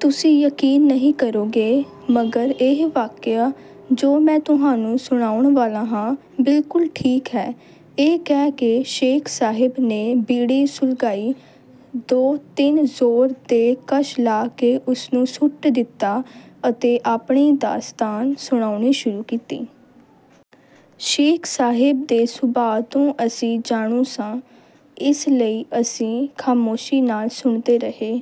ਤੁਸੀਂ ਯਕੀਨ ਨਹੀਂ ਕਰੋਗੇ। ਮਗਰ ਇਹ ਵਾਕਿਆ ਜੋ ਮੈਂ ਤੁਹਾਨੂੰ ਸੁਣਾਉਣ ਵਾਲਾ ਹਾਂ, ਬਿਲਕੁਲ ਠੀਕ ਹੈ। ਇਹ ਕਹਿ ਕੇ ਸ਼ੇਖ ਸਾਹਿਬ ਨੇ ਬੀੜੀ ਸੁਲਗਾਈ। ਦੋ ਤਿੰਨ ਜ਼ੋਰ ਦੇ ਕਸ਼ ਲਾ ਕੇ ਉਸਨੂੰ ਸੁੱਟ ਦਿੱਤਾ ਅਤੇ ਆਪਣੀ ਦਾਸਤਾਨ ਸੁਣਾਉਣੀ ਸ਼ੁਰੂ ਕੀਤੀ। ਸ਼ੇਖ ਸਾਹਿਬ ਦੇ ਸੁਭਾਅ ਤੋਂ ਅਸੀਂ ਜਾਣੂ ਸਾਂ, ਇਸ ਲਈ ਅਸੀਂ ਖ਼ਾਮੋਸ਼ੀ ਨਾਲ ਸੁਣਦੇ ਰਹੇ।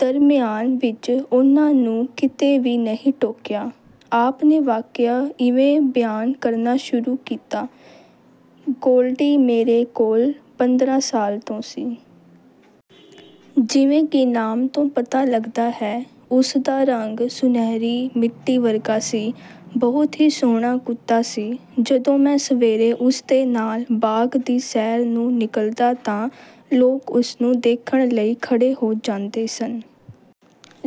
ਦਰਮਿਆਨ ਵਿੱਚ ਉਨ੍ਹਾਂ ਨੂੰ ਕਿਤੇ ਵੀ ਨਹੀਂ ਟੋਕਿਆ। ਆਪ ਨੇ ਵਾਕਿਆ ਇਵੇਂ ਬਿਆਨ ਕਰਨਾ ਸ਼ੁਰੂ ਕੀਤਾ: "ਗੋਲਡੀ ਮੇਰੇ ਕੋਲ ਪੰਦਰਾਂ ਸਾਲ ਤੋਂ ਸੀ। ਜਿਵੇਂ ਕਿ ਨਾਮ ਤੋਂ ਪਤਾ ਲੱਗਦਾ ਹੈ, ਉਸ ਦਾ ਰੰਗ ਸੁਨਹਿਰੀ ਮਿੱਟੀ ਵਰਗਾ ਸੀ। ਬਹੁਤ ਹੀ ਸੋਹਣਾ ਕੁੱਤਾ ਸੀ। ਜਦੋਂ ਮੈਂ ਸਵੇਰੇ ਉਸ ਦੇ ਨਾਲ ਬਾਗ ਦੀ ਸੈਰ ਨੂੰ ਨਿਕਲਦਾ ਤਾਂ ਲੋਕ ਉਸਨੂੰ ਦੇਖਣ ਲਈ ਖੜੇ ਹੋ ਜਾਂਦੇ ਸਨ।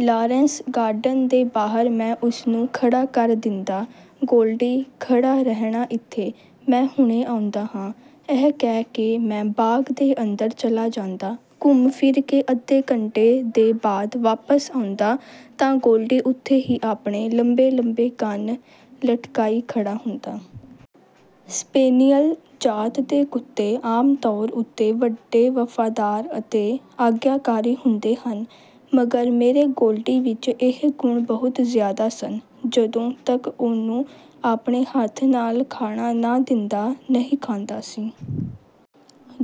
ਲਾਰੈਂਸ ਗਾਰਡਨ ਦੇ ਬਾਹਰ ਮੈਂ ਉਸਨੂੰ ਖੜਾ ਕਰ ਦਿੰਦਾ। "ਗੋਲਡੀ, ਖੜਾ ਰਹਿਣਾ ਇੱਥੇ। ਮੈਂ ਹੁਣੇ ਆਉਂਦਾ ਹਾਂ।" ਇਹ ਕਹਿ ਕੇ ਮੈਂ ਬਾਗ ਦੇ ਅੰਦਰ ਚਲਾ ਜਾਂਦਾ। ਘੁੰਮ ਫਿਰ ਕੇ ਅੱਧੇ ਘੰਟੇ ਦੇ ਬਾਅਦ ਵਾਪਸ ਆਉਂਦਾ ਤਾਂ ਗੋਲਡੀ ਉਥੇ ਹੀ ਆਪਣੇ ਲੰਬੇ ਲੰਬੇ ਕੰਨ ਲਟਕਾਈ ਖੜਾ ਹੁੰਦਾ। ਸਪੇਨੀਅਲ ਜਾਤ ਦੇ ਕੁੱਤੇ ਆਮ ਤੌਰ ਉੱਤੇ ਵੱਡੇ ਵਫ਼ਾਦਾਰ ਅਤੇ ਆਗਿਆਕਾਰੀ ਹੁੰਦੇ ਹਨ। ਮਗਰ ਮੇਰੇ ਗੋਲਡੀ ਵਿੱਚ ਇਹ ਗੁਣ ਬਹੁਤ ਜ਼ਿਆਦਾ ਸਨ। ਜਦੋਂ ਤੱਕ ਉਹਨੂੰ ਆਪਣੇ ਹੱਥ ਨਾਲ ਖਾਣਾ ਨਾ ਦਿੰਦਾ, ਨਹੀਂ ਖਾਂਦਾ ਸੀ।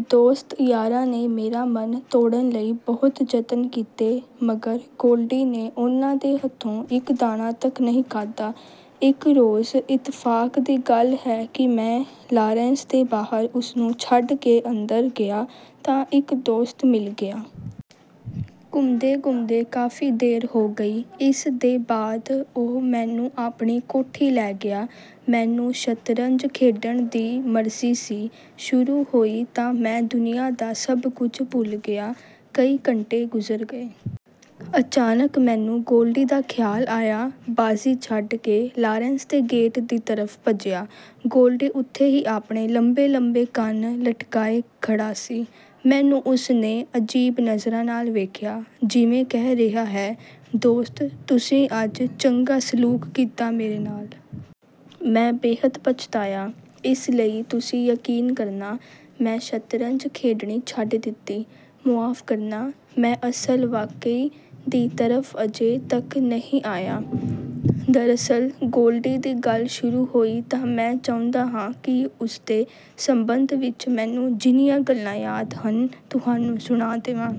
ਦੋਸਤ ਯਾਰਾਂ ਨੇ ਮੇਰਾ ਮਨ ਤੋੜਨ ਲਈ ਬਹੁਤ ਜਤਨ ਕੀਤੇ, ਮਗਰ ਗੋਲਡੀ ਨੇ ਉਨ੍ਹਾਂ ਦੇ ਹੱਥੋਂ ਇੱਕ ਦਾਣਾ ਤੱਕ ਨਹੀਂ ਖਾਧਾ। ਇੱਕ ਰੋਜ਼ ਇਤਫ਼ਾਕ ਦੀ ਗੱਲ ਹੈ ਕਿ ਮੈਂ ਲਾਰੈਂਸ ਦੇ ਬਾਹਰ ਉਸਨੂੰ ਛੱਡ ਕੇ ਅੰਦਰ ਗਿਆ ਤਾਂ ਇੱਕ ਦੋਸਤ ਮਿਲ ਗਿਆ। ਘੁੰਮਦੇ ਘੁੰਮਦੇ ਕਾਫ਼ੀ ਦੇਰ ਹੋ ਗਈ। ਇਸ ਦੇ ਬਾਅਦ ਉਹ ਮੈਨੂੰ ਆਪਣੀ ਕੋਠੀ ਲੈ ਗਿਆ। ਮੈਨੂੰ ਸ਼ਤਰੰਜ ਖੇਡਣ ਦੀ ਮਰਜ਼ੀ ਸੀ। ਸ਼ੁਰੂ ਹੋਈ ਤਾਂ ਮੈਂ ਦੁਨੀਆ ਦਾ ਸਭ ਕੁਝ ਭੁੱਲ ਗਿਆ। ਕਈ ਘੰਟੇ ਗੁਜ਼ਰ ਗਏ। ਅਚਾਨਕ ਮੈਨੂੰ ਗੋਲਡੀ ਦਾ ਖ਼ਿਆਲ ਆਇਆ। ਬਾਜ਼ੀ ਛੱਡ ਕੇ ਲਾਰੈਂਸ ਦੇ ਗੇਟ ਦੀ ਤਰਫ਼ ਭੱਜਿਆ। ਗੋਲਡੀ ਉਥੇ ਹੀ ਆਪਣੇ ਲੰਬੇ ਲੰਬੇ ਕੰਨ ਲਟਕਾਏ ਖੜਾ ਸੀ। ਮੈਨੂੰ ਉਸ ਨੇ ਅਜੀਬ ਨਜ਼ਰਾਂ ਨਾਲ ਵੇਖਿਆ, ਜਿਵੇਂ ਕਹਿ ਰਿਹਾ ਹੈ, "ਦੋਸਤ, ਤੁਸੀਂ ਅੱਜ ਚੰਗਾ ਸਲੂਕ ਕੀਤਾ ਮੇਰੇ ਨਾਲ!" ਮੈਂ ਬੇਹੱਦ ਪਛਤਾਇਆ। ਇਸ ਲਈ ਤੁਸੀਂ ਯਕੀਨ ਕਰਨਾ, ਮੈਂ ਸ਼ਤਰੰਜ ਖੇਡਣੀ ਛੱਡ ਦਿੱਤੀ। ਮੁਆਫ਼ ਕਰਨਾ। ਮੈਂ ਅਸਲ ਵਾਕਏ ਦੀ ਤਰਫ਼ ਅਜੇ ਤੱਕ ਨਹੀਂ ਆਇਆ। ਦਰਅਸਲ ਗੋਲਡੀ ਦੀ ਗੱਲ ਸ਼ੁਰੂ ਹੋਈ ਤਾਂ ਮੈਂ ਚਾਹੁੰਦਾ ਹਾਂ ਕਿ ਉਸਦੇ ਸੰਬੰਧ ਵਿੱਚ ਮੈਨੂੰ ਜਿੰਨੀਆਂ ਗੱਲਾਂ ਯਾਦ ਹਨ, ਤੁਹਾਨੂੰ ਸੁਣਾ ਦੇਵਾਂ।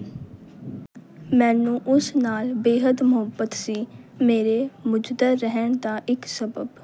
ਮੈਨੂੰ ਉਸ ਨਾਲ ਬੇਹੱਦ ਮੁਹੱਬਤ ਸੀ। ਮੇਰੇ ਮੁਜੱਰਦ ਰਹਿਣ ਦਾ ਇੱਕ ਸਬੱਬ